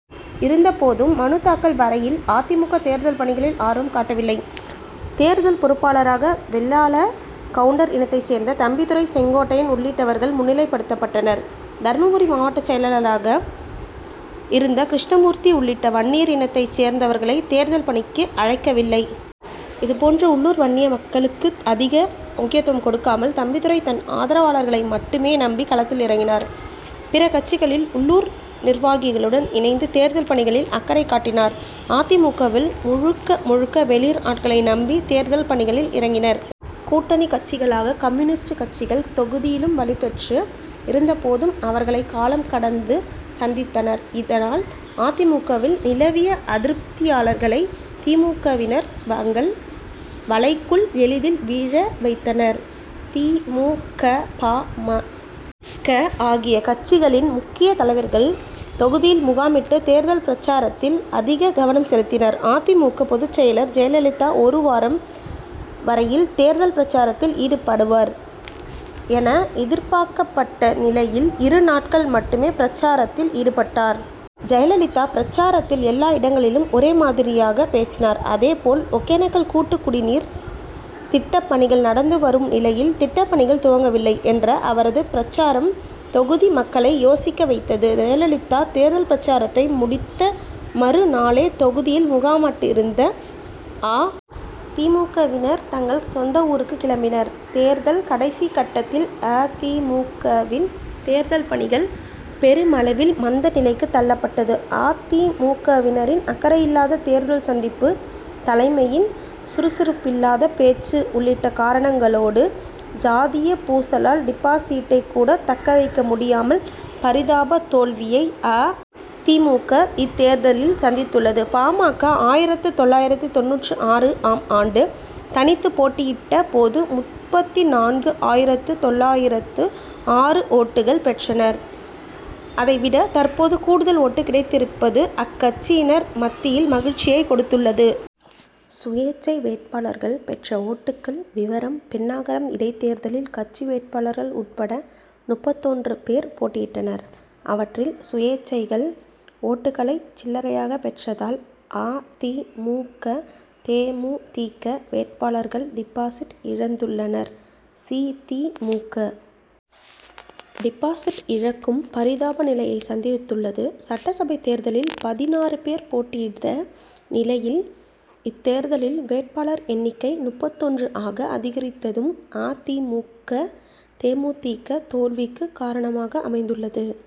இருந்த போதும் மனு தாக்கல் வரையில் அ. தி. மு. க. தேர்தல் பணிகளில் ஆர்வம் காட்டவில்லை. தேர்தல் பொறுப்பாளராக வெள்ளாள கவுண்டர் இனத்தைச் சேர்ந்த தம்பிதுரை செங்கோட்டையன் உள்ளிட்டவர்கள் முன்னிலைப்படுத்தப்பட்டனர். தர்மபுரி மாவட்ட செயலராக இருந்த கிருஷ்ணமூர்த்தி உள்ளிட்ட வன்னியர் இனத்தைச் சேர்ந்தவர்களை தேர்தல் பணிக்கு அழைக்கவில்லை. இதே போன்று உள்ளூர் வன்னிய மக்களுக்கு அதிக முக்கியத்துவம் கொடுக்காமல் தம்பிதுரை தன் ஆதரவாளர்களை மட்டுமே நம்பி களத்தில் இறங்கினார். பிற கட்சிகளில் உள்ளூர் நிர்வாகிகளுடன் இணைந்து தேர்தல் பணிகளில் அக்கறை காட்டினர். அ. தி. மு. க.வில் முழுக்க முழுக்க வெளியூர் ஆட்களை நம்பி தேர்தல் பணிகளில் இறங்கினர். கூட்டணி கட்சிகளாக கம்யூனிஸ்ட் கட்சிகள் தொகுதியிலும் வலு பெற்று இருந்த போதும் அவர்களை காலம் கடந்து சந்தித்தனர். இதனால் அ. தி. மு. க.வில் நிலவிய அதிருப்தியாளர்களை தி. மு. க.வினர் தங்கள் வலைக்குள் எளிதில் வீழ வைத்தனர். தி. மு. க. பா. ம. க. ஆகிய கட்சிகளின் முக்கிய தலைவர்கள் தொகுதியில் முகாமிட்டு தேர்தல் பிரசாரத்தில் அதிக கவனம் செலுத்தினர். அ. தி. மு. க. பொதுச் செயலர் ஜெயலலிதா ஒரு வாரம் வரையில் தேர்தல் பிரசாரத்தில் ஈடுபடுவார் என எதிர்பார்க்கப்பட்ட நிலையில் இரு நாட்கள் மட்டுமே பிரசாரத்தில் ஈடுபட்டார். ஜெயலலிதா பிரசாரத்தில் எல்லா இடங்களிலும் ஒரே மாதிரியாக பேசினார். அதே போல் ஒகேனக்கல் கூட்டுக் குடிநீர் திட்ட பணிகள் நடந்து வரும் நிலையில் திட்டப்பணிகள் துவங்கவில்லை என்ற அவரது பிரசாரம் தொகுதி மக்களை யோசிக்க வைத்தது. ஜெயலலிதா தேர்தல் பிரசாரத்தை முடித்த மறு நாளே தொகுதியில் முகாமட்டிருந்த அ. தி. மு. க.,வினர் தங்கள் சொந்த ஊருக்கு கிளம்பினர். தேர்தல் கடைசி கட்டத்தில் அ. தி. மு. க.வின் தேர்தல் பணிகள் பெருமளவில் மந்த நிலைக்கு தள்ளப்பட்டது. அ. தி. மு. க.வினரின் அக்கறையில்லாத தேர்தல் சந்திப்பு தலைமையின் சுறுசுறுப்பில்லாத பேச்சு உள்ளிட்ட காரணங்களோடு ஜாதிய பூசலால் டிபாசிட்டை கூட தக்கவைக்க முடியாமல் பரிதாப தோல்வியை அ. தி. மு. க. இத்தேர்தலில் சந்தித்துள்ளது. பா. ம. க. ஆயிரத்து தொள்ளாயிரத்து தொண்ணூற்று ஆறு ஆம் ஆண்டு தனித்து போட்டியிட்ட போது முப்பத்திநான்கு ஆயிரத்து தொள்ளாயிரத்து ஆறு ஓட்டுக்கள் பெற்றனர். அதை விட தற்போது கூடுதல் ஓட்டு கிடைத்திருப்பது அக்கட்சியினர் மத்தியில் மகிழ்ச்சியை கொடுத்துள்ளது. சுயேச்சை வேட்பாளர்கள் பெற்ற ஓட்டுக்கள் விவரம் பென்னாகரம் இடைத்தேர்தலில் கட்சி வேட்பாளர்கள் உட்பட முப்பத்தொன்று பேர் போட்டியிட்டனர். அவற்றில் சுயேச்சைகள் ஓட்டுக்களை சில்லரையாக பெற்றதால் அ. தி. மு. க. தே. மு. தி. க. வேட்பாளர்கள் டிபாசிட் இழந்துள்ளனர். சி. தி. மு. க. டிபாசிட் இழக்கும் பரிதாப நிலையை சந்தித்துள்ளது. சட்டசபை தேர்தலில் பதினாறு பேர் போட்டியிட்ட நிலையில் இத்தேர்தலில் வேட்பாளர் எண்ணிக்கை முப்பத்தொன்று ஆக அதிகரித்ததும் அ. தி. மு. க. தே. மு. தி. க. தோல்விக்கு காரணமாக அமைந்துள்ளது.